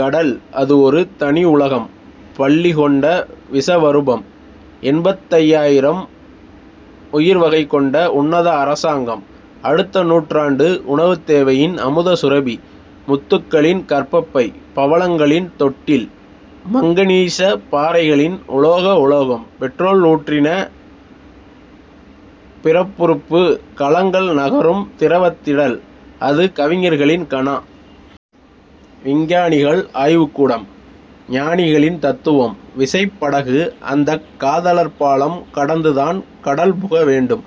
கடல். அது ஒரு தனி உலகம். பள்ளிகொண்ட விஸவருபம். எண்பத்தையாயிரம் உயிர்வகை கொண்ட உன்னத அரசாங்கம். அடுத்த நூற்றாண்டு உணவுத்தேவையின் அமுதசுரபி. முத்துக்களின் கர்ப்பப்பை. பவளங்களின் தொட்டில். மங்கனீஷ பாறைகளின் உலோக உலகம். பெட்ரோல் ஊற்றின பிறப்புறுப்பு. கலங்கள் நகரும் திரவத்திடல். அது கவிஞர்களின் கனா. விஞ்ஞானிகள் ஆய்வுக்கூடம். ஞானிகளின் தத்துவம். விசைப்படகு அந்தக் காதலர்பாலம் கடந்துதான் கடல்புக வேண்டும்.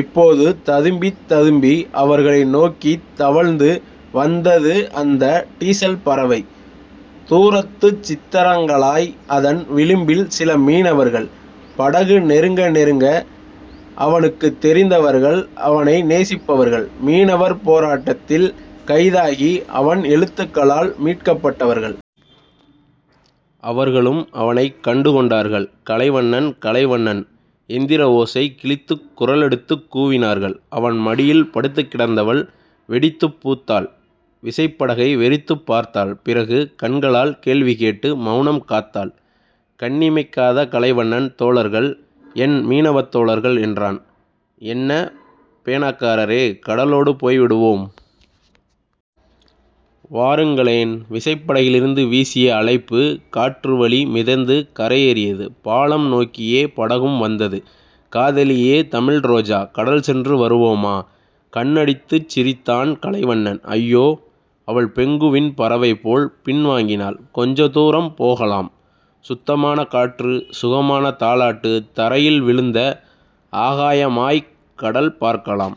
இப்போது ததும்பித் ததும்பி அவர்களை நோக்கித் தவழ்ந்து வந்தது அந்த டீசல்பறவை. தூரத்துச் சித்தரங்களாய் அதன் விளிம்பில் சில மீனவர்கள். படகு நெருங்க... நெருங்க... அவனுக்குத் தெரிந்தவர்கள். அவனை நேசிப்பவர்கள். மீனவர் போராட்டத்தில் கைதாகி அவன் எழுத்துக்களால் மீட்கப்பட்டவர்கள். அவர்களும் அவனைக் கண்டுகொண்டார்கள். கலைவண்ணன். கலைவண்ணன். எந்திரஓசை கிழத்துக் குரலெடுத்துக் கூவினார்கள். அவன் மடியில் படுத்துக்கிடந்தவள் வெடித்துப் பூத்தாள். விசைப்படகை வெறித்துப் பார்த்தாள். பிறகு கண்களால் கேள்விகேட்டு மெளனம் காத்தாள். கண்ணிமைக்காத கலைவண்ணன் தோழர்கள். என் மீனவத் தோழர்கள் என்றான். என்ன பேனாக்காரரே. கடலோடு போய்விடுவோம். வாருங்களேன். விசைப்படகிலிருந்து வீசிய அழைப்பு காற்றுவழி மிதந்து கரையேறியது. பாலம் நோக்கியே படகும் வந்தது. காதலியே. தமிழ்ரோஜா. கடல்சென்று வருவோமா? கண்ணடித்துச் சிரித்தான் கலைவண்ணன். அய்யோ. அவள் பெங்குவின் பறவைபோல் பின்வாங்கினாள். கொஞ்சதூரம் போகலாம், சுத்தமான காற்று சுகமான தாலாட்டு தரையில் விழுந்த ஆகாயமாய்க் கடல்பார்க்கலாம்.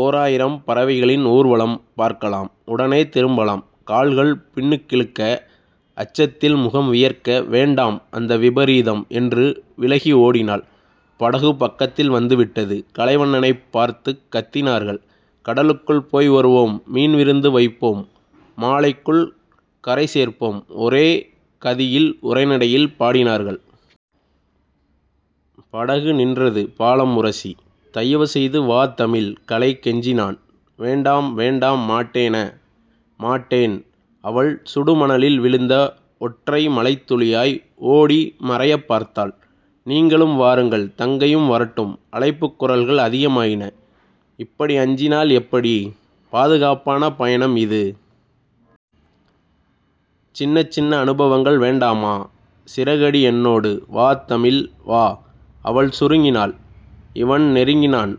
ஓராயிரம் பறவைகளின் ஊர்வலம் பார்க்கலாம் உடனே திரும்பலாம். கால்கள் பின்னுக்கிழுக்க அச்சத்தில் முகம் வியர்க்க வேண்டாம் அந்த விபரீதம் என்று விலகி ஓடினாள். படகு பக்கத்தில் வந்துவிட்டது. கலைவண்ணனைப் பார்த்துக் கத்தினார்கள். கடலுக்குள் போய்வருவோம் மீன்விருந்து வைப்போம் மாலைக்குள் கரைசேர்ப்போம் ஒரே கதியில் உரைநடையில் பாடினார்கள். படகு நின்றது பாலம் உரசி. தயவுசெய்து வா தமிழ் கலை கெஞ்சினான் வேண்டாம் வேண்டாம் மாட்டேன. மாட்டேன். அவள் சுடுமணலில் விழுந்த ஒற்றை மழைத்துளியாய் ஓடி மறையப்பார்த்தாள். நீங்களும் வாருங்கள் தங்கையும் வரட்டும் அழைப்புக் குரல்கள் அதிகமாயின. இப்படி அஞ்சினால் எப்படி? பாதுகாப்பான பயணம் இது. சின்னச்சின்ன அனுபவங்கள் வேண்டாமா? சிறகடி என்னோடு. வா தமிழ். வா. அவள் சுருங்கினாள் இவன் நெருங்கினான்.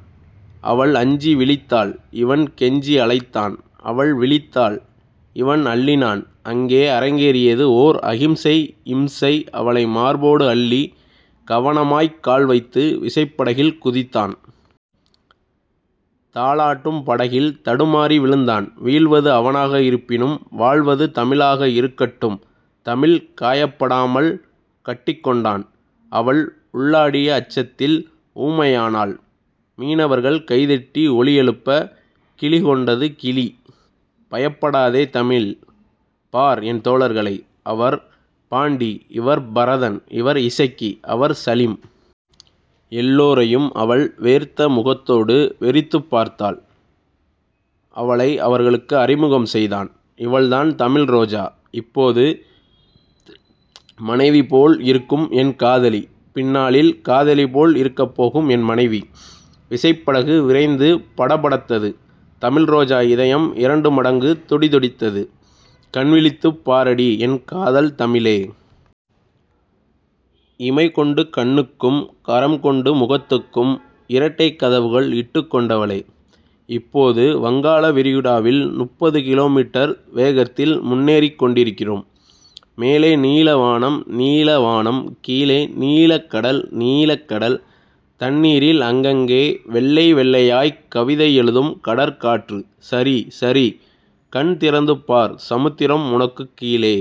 அவள் அஞ்சி விழித்தாள் இவன் கெஞ்சி அழைத்தான். அவள் விழித்தாள். இவன் அள்ளினான். அங்கே அரங்கேறியது ஓர் அகிம்சை இம்சை அவளை மார்போடு அள்ளி கவனமாய்க் கால்வைத்து விசைப்படகில் குதித்தான். தாலாட்டும் படகில் தடுமாறி விழுந்தான். வீழ்வது அவனாக இருப்பினும் வாழ்வது தமிழாக இருக்கட்டும் தமிழ் காயப்படாமல் கட்டிக்கொண்டான். அவள் உள்ளாடிய அச்சத்தில் ஊமையானாள். மீனவர்கள் கைதட்டி ஒலிஎழுப்ப கிலிகொண்டது கிளி. பயப்படாதே தமிழ். பார் என் தோழர்களை. அவர் பாண்டி இவர் பரதன் இவர் இசக்கி அவர் சலிம். எல்லோரையும் அவள் வேர்த்த முகத்தோடு வெறித்துப் பார்த்தாள். அவளை அவர்களுக்கு அறிமுகம் செய்தான் இவள்தான் தமிழ்ரோஜா. இப்போது மனைவிபோல் இருக்கும் என் காதலி. பின்னாளில் காதலிபோல் இருக்கப்போகும் என் மனைவி. விசைப்படகு விரைந்து படபடத்தது தமிழ்ரோஜா இதயம் இரண்டுமடங்கு துடிதுடித்தது. கண்விழித்துப் பாரடி என் காதல்தமிழே. இமைகொண்டு கண்ணுக்கும் கரம்கொண்டு முகத்துக்கும் இரட்டைக்கதவுகள் இட்டுக் கொண்டவளே. இப்போது வங்காள விரிகுடாவில் முப்பது கிலோமீட்டர் வேகத்தில் முன்னேறிக் கொண்டிருக்கிறோம். மேலே நீலவானம் நீளவானம். கீழே நீலக்கடல் நீளக்கடல். தண்ணீரில் அங்கங்கே வெள்ளைவெள்ளையாய்க் கவிதை எழுதும் கடற்காற்று. சரி. சரி. கண்திறந்துபார். சமுத்திரம் உனக்குக் கீழே.